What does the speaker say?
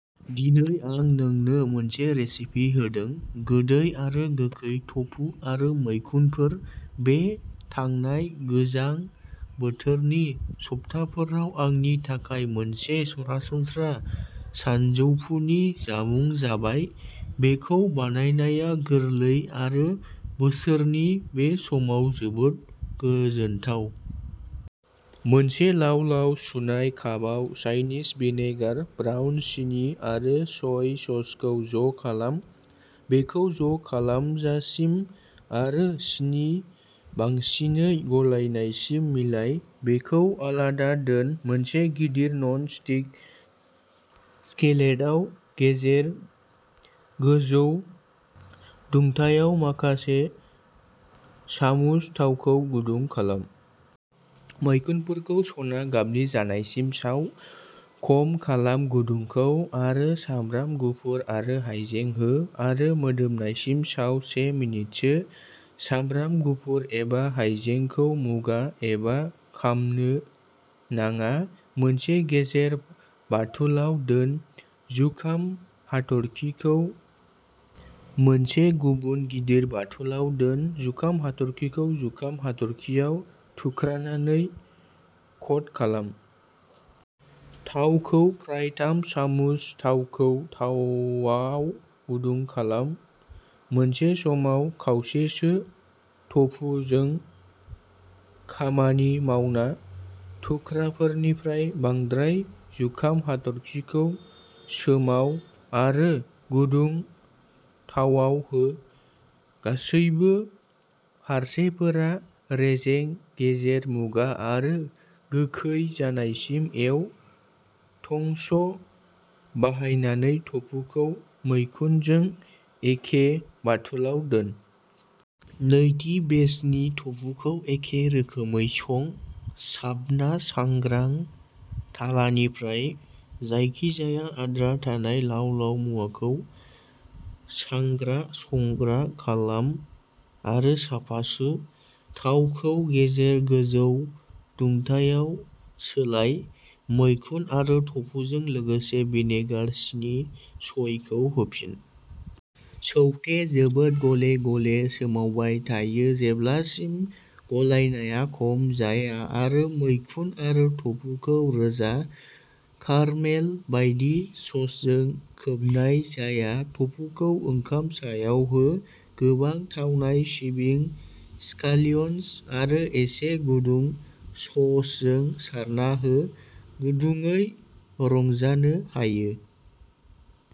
दिनै आं नोंनो मोनसे रेसिपि होदों, गोदै आरो गोखै टफु आरो मैखुनफोर। बे थांनाय गोजां बोथोरनि सप्ताफोराव आंनि थाखाय मोनसे सरासनस्रा सानजौफुनि जामुं जाबाय। बेखौ बानायनाया गोरलै आरो बोसोरनि बे समाव जोबोद गोजोनथाव। मोनसे लाव लाव सुनाय कापआव, चाइनिज भिनेगार, ब्राउन सिनि आरो सय ससखौ ज' खालाम। बेखौ ज' खालामजासिम आरो सिनि बांसिनै गलायनायसिम मिलाय। बेखौ आलादा दोन। मोनसे गिदिर नन स्टिक स्किलेटआव, गेजेर गोजौ दुंथायाव माखासे सामुस थावखौ गुदुं खालाम। मैखुनफोरखौ सना गाबनि जानायसिम साव। खम खालाम गुदुंखौ आरो सामब्राम गुफुर आरो हायजें हो आरो मोदोमनायसिम साव से मिनिटसो। सामब्राम गुफुर एबा हायजेंखौ मुगा एबा खामनो नाङा। मोनसे गेजेर बाथुलाव दोन। जुखाम हाथरखिखौ मोनसे गुबुन गिदिर बाथुलाव दोन, जुखाम हाथरखिखौ जुखाम हाथरखिआव थुख्रानानै क'ट खालाम। थावखौ फ्राय थाम सामुस थावखौ थावाव गुदुं खालाम। मोनसे समाव खावसेसो टफुजों खामानि मावना, थुख्राफोरनिफ्राय बांद्राय जुखाम हाथरखिखौ सोमाव आरो गुदुं थावाव हो। गासैबो फारसेफोरा रेजें गेजेर मुगा आरो गोखै जानायसिम एव। टंस' बाहायनानै टफुखौ मैखुनजों एखे बाथुलाव दोन। नैथि बेचनि टफुखौ एखे रोखोमै सं। साबना सांग्रा थालानिफ्राय जायखिजाया आद्रा थानाय लाव लाव मुवाखौ सांग्रा संग्रा खालाम आरो साफा सु। थावखौ गेजेर गोजौ दुंथायाव सोलाय, मैखुन आरो टफुजों लोगोसे भिनेगार, सिनि, सयखौ होफिन। सौटे, जोबोद गले गले सोमावबाय थायो जेब्लासिम गलायनाया खम जाया आरो मैखुन आरो टफुखौ रोजा, कारमेल बायदि ससजों खोबनाय जाया। टफुखौ ओंखाम सायाव हो, गोबां थावनाय सिबिं, स्कालियन्स आरो एसे गुदुं ससजों सारना हो। गुदुङै रंजानो हायो।